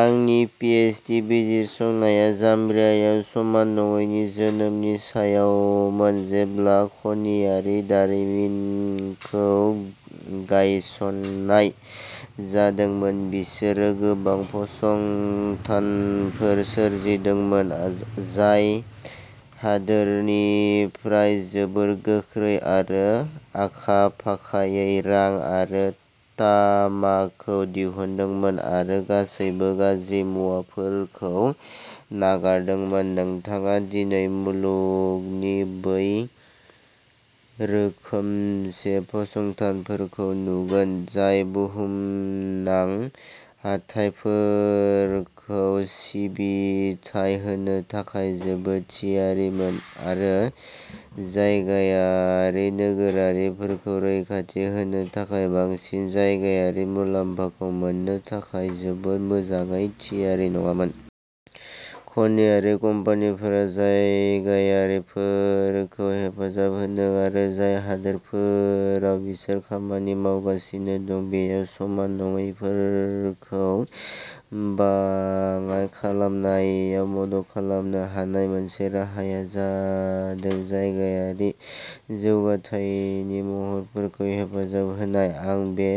आंनि पिएचडि बिजिरसंनाया जाम्बियायाव समान नङैनि जोनोमनि सायावमोन। जेब्ला खनियारि दारिमिनखौ गायसन्नाय जादोंमोन, बिसोरो गोबां फसंथानफोर सोरजिदोंमोन जाय हादोरनिफ्राय जोबोद गोख्रै आरो आखा-फाखायै रां आरो तामाखौ दिहुनदोंमोन आरो गासैबो गाज्रि मुवाफोरखौ नागारदोंमोन। नोंथाङा दिनै मुलुगनि बै रोखोमसे फसंथानफोरखौ नुगोन, जाय बुहुमनां हाथाइफोरखौ सिबिथाइ होनो थाखाय जोबोद थियारिमोन आरो जायगायारि नोगोरारिफोरखौ रैखाथि होनो आरो बांसिन जायगायारि मुलाम्फाखौ मोननो थाखाय जोबोद मोजाङै थियारि नङामोन। खनियारि कम्पानिफोरा जायगायारिफोरखौ हेफाजाब होनो आरो जाय हादोरफोराव बिसोर खामानि मावगासिनो दं, बेयाव समान नङैफोरखौ बाङाइ खालामनायाव मदद खालामनो हानाय मोनसे राहाया जादों जायगायारि जौगाथायनि महरफोरखौ हेफाजाब होनाय। आं बे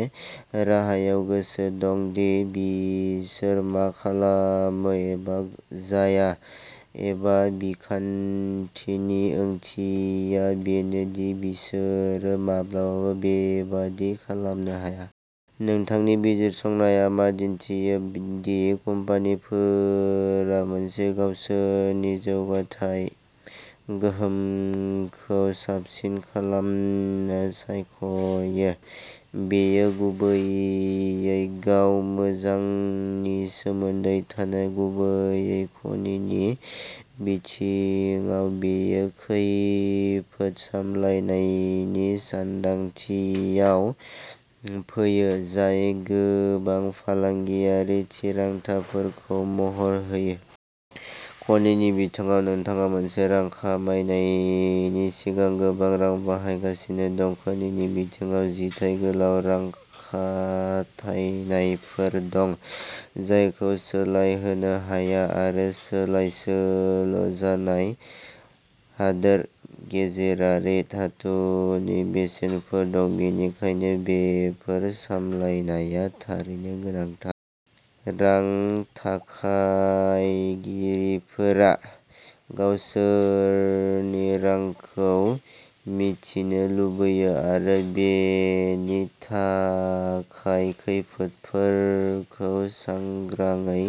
राहायाव गोसो दं दि बिसोर मा खालामो एबा जाया एबा बिखान्थिनि ओंथिया बेनो दि बिसोरो माब्लाबाबो बेबादि खालामनो हाया। नोंथांनि बिजिरसंनाया मा दिन्थियो दि कम्पानिफोरा मानसे गावसोरनि जौगाथाय गोहोमखौ साबसिन खालामनो सायख'यो? बेयो गुबैयै गाव मोजांनि सोमोन्दै। थानाय गुबैयै खनिनि बिथिङाव, बेयो खैफोद सामलायनायनि सानदांथियाव फैयो, जाय गोबां फालांगियारि थिरांथाफोरखौ महर होयो। खनिनि बिथिङाव, नोंथाङा मोनसे रां खामायनायनि सिगां गोबां रां बाहायगासिनो दं। खनिनि बिथिङाव जिथाय गोलाव रां खाथायनायफोर दं, जायखौ सोलायहोनो हाया आरो सोलायसोल' जानाय हादोर गेजेरारि धातुनि बेसेनफोर दं, बेनिखायनो बेफोर सामलायनाया थारैनो गोनांथार। रां थाखायगिरिफोरा गावसोरनि रांखौ मिथिनो लुबैयो आरो बेनि थाखाय खैफोदफोरखौ सांग्राङै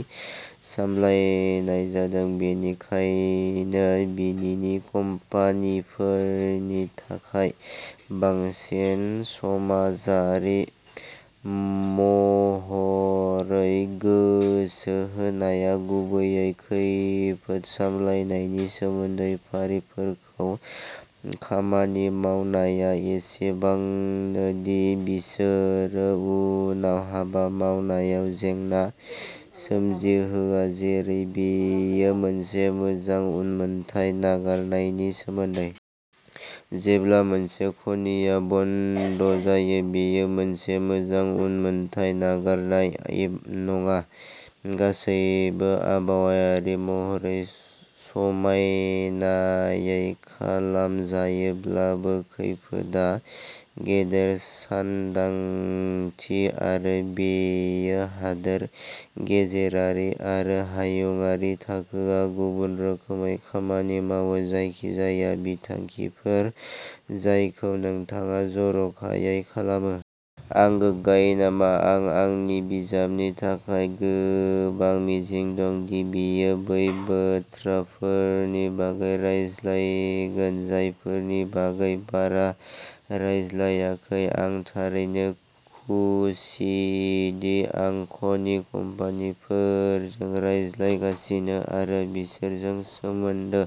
सामलायनाय जादों। बेनिखायनो, बिनिनि कम्पानिफोरनि थाखाय बांसिन समाजारि महरै गोसो होनाया गुबैयै खैफोद सामलायनायनि सोमोन्दै। हारिफोरखौ खामानि मावनाया एसेबांनो दि बिसोरो उनाव हाबा मावनायाव जेंना सोमजिहोआ, जेरै बेयो मोनसे मोजां उनमोनथाइ नागारनायनि सोमोन्दै। जेब्ला मोनसे खनिआ बन्द जायो, बेयो मोनसे मोजां उनमोनथाइ नागारनाय नङा गासैबो आबहावायारि महरै समायनायै खालामजायोब्लाबो खैफोदआ गेदेर सानदांथि आरो बेयो हादोर गेजेरारि आरो हायुंआरि थाखोआव गुबुन रोखोमै खामानि मावो। जायखिजाया बिथांखिफोर जायखौ नोंथाङा जर'खायै खालामो। आं गोग्गायो नामा? आं आंनि बिजाबनि थाखाय गोबां मिजिं दं, दि बेयो बै बाथ्राफोरनि बागै रायज्लायगोन जायफोरनि बागै बारा रायज्लायाखै। आं थारैनो खुसिदि आं खनि कम्पानिफोरजों रायज्लायगासिनो आरो बिसोरजों सोमोन्दो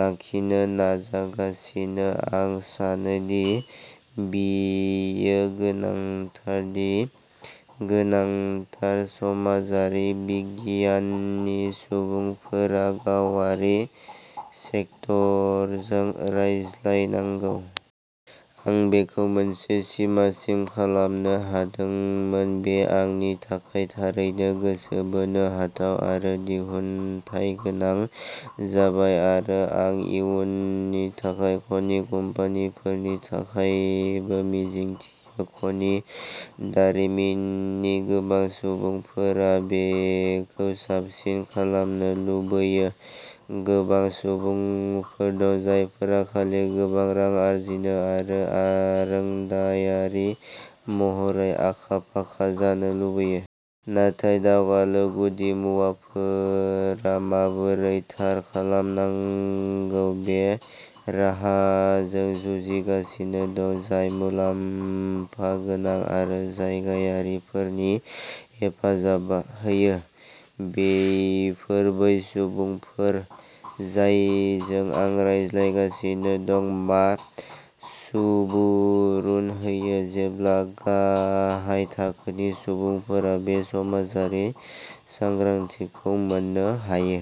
लाखिनो नाजागासिनो। आं सानो दि बेयो गोनांथार दि गोनांथार समाजारि बिगियाननि सुबुंफोरा गावारि सेक्टरजों रायज्लायनांगौ। आं बेखौ मोनसे सिमासिम खालामनो हादोंमोन। बेयो आंनि थाखाय थारैनो गोसो बोनो हाथाव आरो दिहुनथायगोनां जाबाय आरो आं इयुननि थाखाय खनि कम्पानिफोरनि थाखायबो मिजिंथियो। खनि दारिमिननि गोबां सुबुंफोरा बेखौ साबसिन खालामनो लुबैयो। गोबां सुबुंफोर दं जायफोरा खालि गोबां रां आर्जिनो आरो आरोंदायारि महरै आखा-फाखा जानो लुबैयो। नाथाय दावगालु गुदिमुवाफोरा माबोरै थार खालामनांगौ, बे राहाजों जुजिगासिनो दं, जाय मुलाम्फा गोनां आरो जायगायारिफोरनि हेफाजाब होयो। बेफोरो बै सुबुंफोर जायजों आं रायज्लायगासिनो दं। मा सुबुरुन होयो जेब्ला गाहाय थाखोनि सुबुंफोरा बे समाजारि सांग्रांथिखौ मोननो हायो।